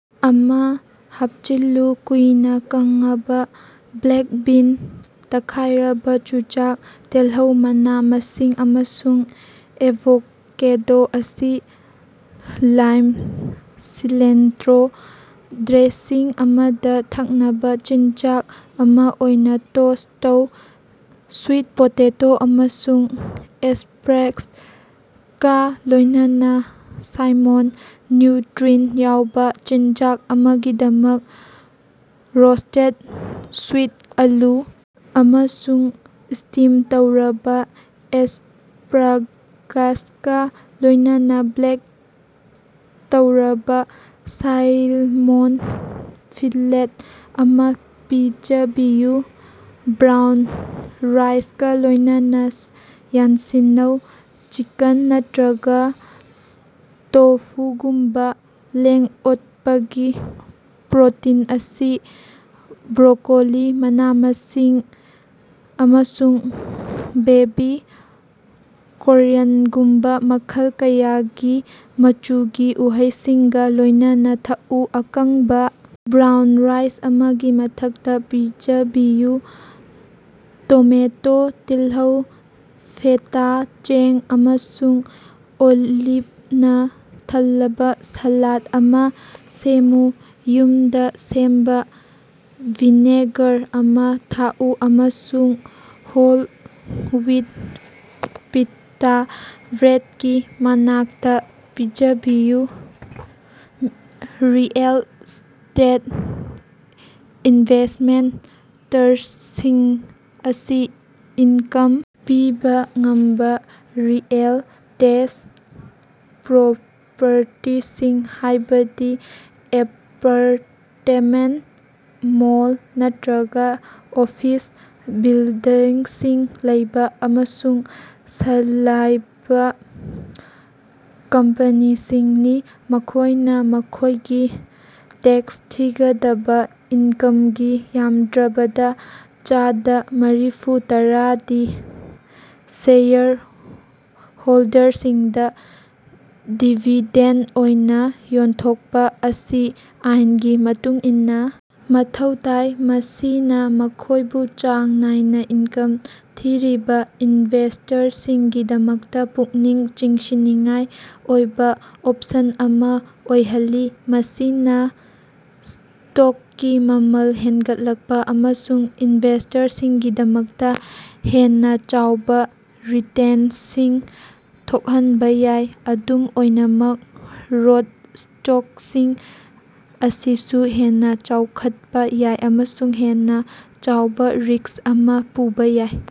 ꯑꯃꯥ ꯍꯥꯞꯆꯤꯜꯂꯨ꯫ ꯀꯨꯏꯅꯥ ꯀꯪꯉꯕꯥ ꯕ꯭ꯂꯦꯛ ꯕꯤꯟ, ꯇꯛꯈꯥꯏꯔꯕꯥ ꯆꯨꯖꯥꯛ, ꯇꯤꯜꯍꯧ, ꯃꯅꯥ-ꯃꯁꯤꯡ ꯑꯃꯁꯨꯡ ꯑꯦꯚꯣꯀꯦꯗꯣ ꯑꯁꯤ ꯂꯥꯏꯝ-ꯁꯤꯂꯦꯟꯇ꯭ꯔꯣ ꯗ꯭ꯔꯦꯁꯤꯡ ꯑꯃꯗꯥ ꯊꯛꯅꯕꯥ ꯆꯤꯟꯖꯥꯛ ꯑꯃꯥ ꯑꯣꯏꯅꯥ ꯇꯣꯁ ꯇꯧ꯫ ꯁ꯭ꯋꯤꯠ ꯄꯣꯇꯦꯇꯣ ꯑꯃꯁꯨꯡ ꯑꯦꯁꯄ꯭ꯔꯥꯒꯁꯀꯥ ꯂꯣꯏꯅꯅꯥ ꯁꯥꯜꯃꯣꯟ ꯅ꯭ꯌꯨꯇ꯭ꯔꯤꯑꯦꯟ ꯌꯥꯎꯕꯥ ꯆꯤꯟꯖꯥꯛ ꯑꯃꯒꯤꯗꯃꯛ ꯔꯣꯁꯇꯦꯠ ꯁ꯭ꯋꯤꯠ ꯑꯥꯂꯨ ꯑꯃꯁꯨꯡ ꯁ꯭ꯇꯤꯝ ꯇꯧꯔꯕꯥ ꯑꯦꯁꯄ꯭ꯔꯥꯒꯥꯁꯀꯥ ꯂꯣꯏꯅꯅꯥ ꯕꯦꯛ ꯇꯧꯔꯕꯥ ꯁꯥꯜꯃꯣꯟ ꯐꯤꯂꯦꯠ ꯑꯃꯥ ꯄꯤꯖꯕꯤꯌꯨ꯫ ꯕ꯭ꯔꯥꯎꯟ ꯔꯥꯏꯁꯀꯥ ꯂꯣꯏꯅꯅꯥ ꯌꯥꯟꯁꯤꯟꯅꯧ: ꯆꯤꯀꯟ ꯅꯠꯇ꯭ꯔꯒꯥ ꯇꯣꯐꯨꯒꯨꯝꯕꯥ ꯂꯦꯡ-ꯑꯣꯠꯄꯒꯤ ꯄ꯭ꯔꯣꯇꯤꯟ ꯑꯁꯤ ꯕ꯭ꯔꯣꯀꯣꯂꯤ, ꯃꯅꯥ-ꯃꯁꯤꯡ ꯑꯃꯁꯨꯡ ꯕꯦꯕꯤ ꯀꯣꯔꯟꯒꯨꯝꯕꯥ ꯃꯈꯜ ꯀꯌꯥꯒꯤ ꯃꯆꯨꯒꯤ ꯎꯍꯩꯁꯤꯡꯒꯥ ꯂꯣꯏꯅꯅꯥ ꯊꯛꯎ꯫ ꯑꯀꯪꯕꯥ ꯕ꯭ꯔꯥꯎꯟ ꯔꯥꯏꯁ ꯑꯃꯒꯤ ꯃꯊꯛꯇꯥ ꯄꯤꯖꯕꯤꯌꯨ꯫ ꯇꯣꯃꯦꯇꯣ, ꯇꯤꯜꯍꯧ, ꯐꯦꯇꯥ ꯆꯦꯡ ꯑꯃꯁꯨꯡ ꯑꯣꯂꯤꯞꯅꯥ ꯊꯜꯂꯕꯥ ꯁꯥꯂꯥꯗ ꯑꯃꯥ ꯁꯦꯝꯃꯨ꯫ ꯌꯨꯝꯗꯥ ꯁꯦꯝꯕꯥ ꯚꯤꯅꯦꯒ꯭ꯔꯦꯠ ꯑꯃꯥ ꯊꯥꯛꯎ ꯑꯃꯁꯨꯡ ꯍꯣꯜ ꯋꯤꯠ ꯄꯤꯇꯥ ꯕ꯭ꯔꯦꯠꯀꯤ ꯃꯅꯥꯛꯇꯥ ꯄꯤꯖꯕꯤꯌꯨ꯫ ꯔꯤꯑꯦꯜ ꯁ꯭ꯇꯦꯠ ꯏꯟꯚꯦꯁꯃꯦꯟꯇ ꯇ꯭ꯔꯁꯁꯤꯡ ꯑꯁꯤ ꯏꯟꯀꯝ ꯄꯤꯕꯥ ꯉꯝꯕꯥ ꯔꯤꯑꯦꯜ ꯁ꯭ꯇꯦꯠ ꯄ꯭ꯔꯣꯄꯔꯇꯤꯁꯤꯡ, ꯍꯥꯏꯕꯗꯤ ꯑꯦꯄꯥꯔꯇꯃꯦꯟꯇ, ꯃꯣꯜ, ꯅꯠꯇ꯭ꯔꯒꯥ ꯑꯣꯐꯤꯁ ꯕꯤꯜꯗꯤꯡꯁꯤꯡ ꯂꯩꯕꯥ ꯑꯃꯁꯨꯡ ꯆꯂꯥꯏꯕꯥ ꯀꯝꯄꯅꯤꯁꯤꯡꯅꯤ꯫ ꯃꯈꯣꯏꯅꯥ ꯃꯈꯣꯏꯒꯤ ꯇꯦꯛꯁ ꯊꯤꯒꯗꯕꯥ ꯏꯟꯀꯝꯒꯤ ꯌꯥꯝꯗ꯭ꯔꯕꯗꯥ ꯆꯗꯥ ꯃꯥꯔꯤꯐꯨ ꯇꯔꯥꯗꯤ ꯁꯦꯌꯔ ꯍꯣꯜꯗꯔꯁꯤꯡꯗꯥ ꯗꯤꯕꯤꯗꯦꯟꯗ ꯑꯣꯏꯅꯥ ꯌꯦꯟꯊꯣꯛꯄꯥ ꯑꯁꯤ ꯑꯥꯏꯟꯒꯤ ꯃꯇꯨꯡ ꯏꯟꯅꯥ ꯃꯊꯧ ꯇꯥꯏ, ꯃꯁꯤꯅꯥ ꯃꯈꯣꯏꯕꯨ ꯆꯥꯡ ꯅꯥꯏꯅꯥ ꯏꯟꯀꯝ ꯊꯤꯔꯤꯕꯥ ꯏꯅꯚꯦꯁꯇꯔꯁꯤꯡꯒꯤꯗꯃꯛꯇꯥ ꯄꯨꯛꯅꯤꯡ ꯆꯤꯡꯁꯤꯟꯅꯤꯡꯉꯥꯏ ꯑꯣꯏꯕꯥ ꯑꯣꯞꯁꯟ ꯑꯃꯥ ꯑꯣꯏꯍꯜꯂꯤ꯫ ꯃꯁꯤꯅꯥ ꯁ꯭ꯇꯣꯛꯀꯤ ꯃꯃꯜ ꯍꯦꯟꯒꯠꯂꯛꯄꯥ ꯑꯃꯁꯨꯡ ꯏꯅꯚꯦꯁꯇꯔꯁꯤꯡꯒꯤꯗꯃꯛꯇꯥ ꯍꯦꯟꯅꯥ ꯆꯥꯎꯕꯥ ꯔꯤꯇꯦꯟꯇꯁꯤꯡ ꯊꯣꯛꯍꯟꯕꯥ ꯌꯥꯏ꯫ ꯑꯗꯨꯝ ꯑꯣꯏꯅꯃꯛ, ꯒ꯭ꯔꯣꯠ ꯁ꯭ꯇꯣꯛꯁꯤꯡ ꯑꯁꯤꯁꯨ ꯍꯦꯟꯅꯥ ꯋꯥꯡꯈꯠꯄꯥ ꯌꯥꯏ ꯑꯃꯁꯨꯡ ꯍꯦꯟꯅꯥ ꯆꯥꯎꯕꯥ ꯔꯤꯛꯁ ꯑꯃꯥ ꯄꯨꯕꯥ ꯌꯥꯏ꯫